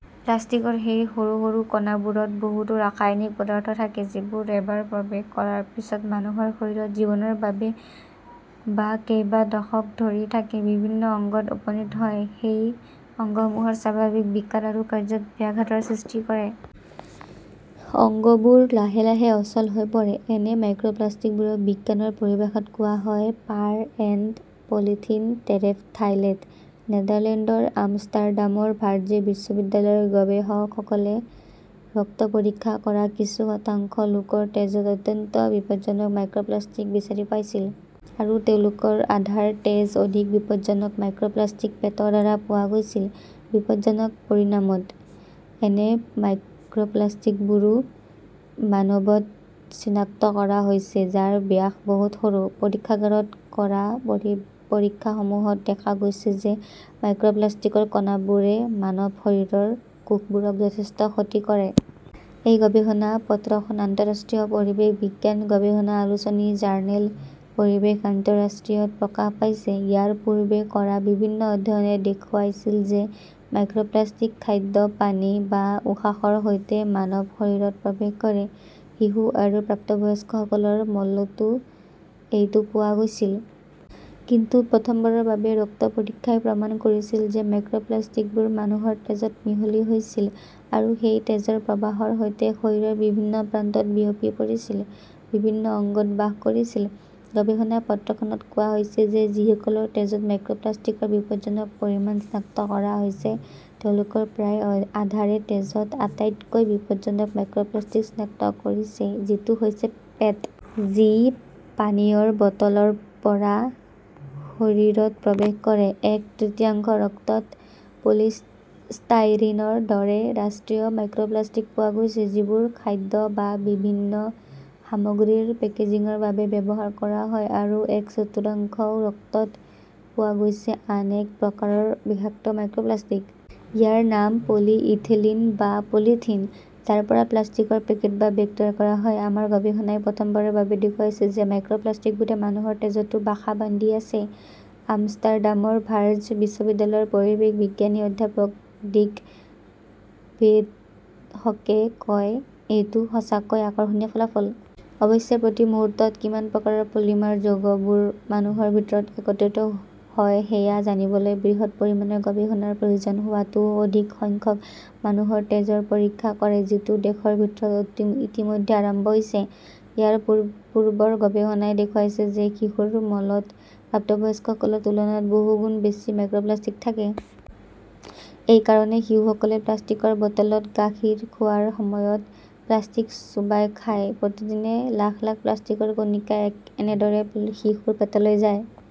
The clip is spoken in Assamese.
প্লাষ্টিকৰ সেই সৰু সৰু কণাবোৰত বহুতো ৰাসায়নিক পদাৰ্থ থাকে যিবোৰ এবাৰ প্ৰৱেশ কৰাৰ পিছত মানুহৰ শৰীৰত জীৱনৰ বাবে বা কেইবা দশক ধৰি থাকে। বিভিন্ন অংগত উপনীত হয়। সেই অংগসমূহৰ স্বাভাৱিক বিকাৰ আৰু কাৰ্য্যত ব্যাঘাতৰ সৃষ্টি কৰে। অংগবোৰ লাহে লাহে অচল হৈ পৰে। এনে মাইক্ৰপ্লাষ্টিকবোৰক বিজ্ঞানৰ পৰিভাষাত কোৱা হয় পাৰ এণ্ড পলিথিলিন টেৰেফথাইলেট। নেদাৰলেণ্ডৰ আমষ্টাৰডামৰ ভাৰ্জে বিশ্ববিদ্যালয়ৰ গৱেষকসকলে ৰক্ত পৰীক্ষা কৰা কিছু শতাংশ লোকৰ তেজত অত্যন্ত বিপজ্জনক মাইক্ৰপ্লাষ্টিক বিচাৰি পাইছিল। আৰু তেওঁলোকৰ আধাৰ তেজ অধিক বিপদজনক মাইক্ৰপ্লাষ্টিক‌ পেটৰ দ্বাৰা পোৱা গৈছিল। বিপদজনক পৰিমাণত। এনে মাইক্ৰপ্লাষ্টিকবোৰো মানৱত চিনাক্ত কৰা হৈছে, যাৰ ব্যাস বহুত সৰু। পৰীক্ষাগাৰত কৰা পৰীক্ষাসমূহত দেখা গৈছে যে মাইক্ৰপ্লাষ্টিকৰ কণাবোৰে মানৱ শৰীৰৰ কোষবোৰক যথেষ্ট ক্ষতি কৰে। এই গৱেষণা পত্ৰখন আন্তঃৰাষ্ট্ৰীয় পৰিৱেশ বিজ্ঞান গৱেষণা আলোচনী জাৰ্নেল পৰিৱেশ আন্তঃৰাষ্ট্ৰীয়ত প্ৰকাশ পাইছে। ইয়াৰ পূৰ্বে কৰা বিভিন্ন অধ্যয়নে দেখুৱাইছিল যে মাইক্ৰপ্লাষ্টিক খাদ্য, পানী বা উশাহৰ সৈতে মানৱ শৰীৰত প্ৰৱেশ কৰে। শিশু আৰু প্ৰাপ্তবয়স্কসকলৰ মলতো এইটো পোৱা গৈছিল। কিন্তু প্ৰথমবাৰৰ বাবে ৰক্ত পৰীক্ষাই প্ৰমাণ কৰিছিল যে মাইক্ৰোপ্লাস্টিকবোৰ মানুহৰ তেজত মিহলি হৈছিল আৰু সেই তেজৰ প্ৰবাহৰ সৈতে শৰীৰৰ বিভিন্ন প্ৰান্তত বিয়পি পৰিছিল, বিভিন্ন অংগত বাস কৰিছিল। গৱেষণা পত্ৰখনত কোৱা হৈছে যে যিসকলৰ তেজত মাইক্ৰপ্লাষ্টিকৰ বিপদজনক পৰিমাণ চিনাক্ত কৰা হৈছে, তেওঁলোকৰ প্ৰায় আধাৰে তেজত আটাইতকৈ বিপদজনক মাইক্ৰপ্লাষ্টিক চিনাক্ত কৰিছে, যিটো হৈছে পেট। যি পানীয়ৰ বটলৰ পৰা শৰীৰত প্ৰৱেশ কৰে। এক তৃতীয়াংশ ৰক্তত পলিষ্টাইৰিনৰ দৰে ৰাষ্ট্ৰীয় মাইক্ৰপ্লাষ্টিক পোৱা গৈছে। যিবোৰ খাদ্য আৰু বিভিন্ন সামগ্ৰীৰ পেকেজিংৰ বাবে ব্যৱহাৰ কৰা হয়। আৰু এক চতুৰ্থাংশ ৰক্তত পোৱা গৈছে আন এক প্ৰকাৰৰ বিষাক্ত মাইক্ৰপ্লাষ্টিক। ইয়াৰ নাম পলিইথিলিন বা‌ পলিথিন। যাৰ পৰা প্লাষ্টিকৰ পেকেট বা বেগ তৈয়াৰ কৰা হয়। আমাৰ গৱেষণাই প্ৰথমবাৰৰ বাবে দেখুৱাইছে যে মাইক্ৰপ্লাষ্টিকবোৰে মানুহৰ তেজতো বাসা বান্ধি আছে, আমষ্টাৰডামৰ ভাৰ্জ বিশ্ববিদ্যালয়ৰ পৰিৱেশ বিজ্ঞানী অধ্যাপক ডিক ৱেটহকে কয়, এইটো সঁচাকৈয়ে আকৰ্ষণীয় ফলাফল। অৱশ্যে, প্ৰতি মুহূৰ্তত কিমান প্ৰকাৰৰ পলিমাৰ যৌগবোৰ মানুহৰ ভিতৰত একত্ৰিত হয় সেয়া জানিবলৈ বৃহৎ পৰিমাণৰ গৱেষণাৰ প্ৰয়োজন হোৱাটোৱে অধিক সংখ্যক মানুহৰ তেজৰ পৰীক্ষা কৰে। যিটো দেশৰ ভিতৰত ইতিমধ্যে আৰম্ভ হৈছে। ইয়াৰ পূৰ্বৰ গৱেষণাই দেখুৱাইছে যে শিশুৰ মলত প্ৰাপ্তবয়স্কসকলৰ তুলনাত বহু গুণ বেছি মাইক্ৰপ্লাষ্টিক থাকে। এই কাৰণেই শিশুসকলে প্লাষ্টিকৰ বটলত গাখীৰ খোৱাৰ সময়ত প্লাষ্টিক চোবাই খায়। প্ৰতিদিনে লাখ লাখ প্লাষ্টিকৰ কণিকা এনেদৰে শিশুৰ পেটলৈ যায়।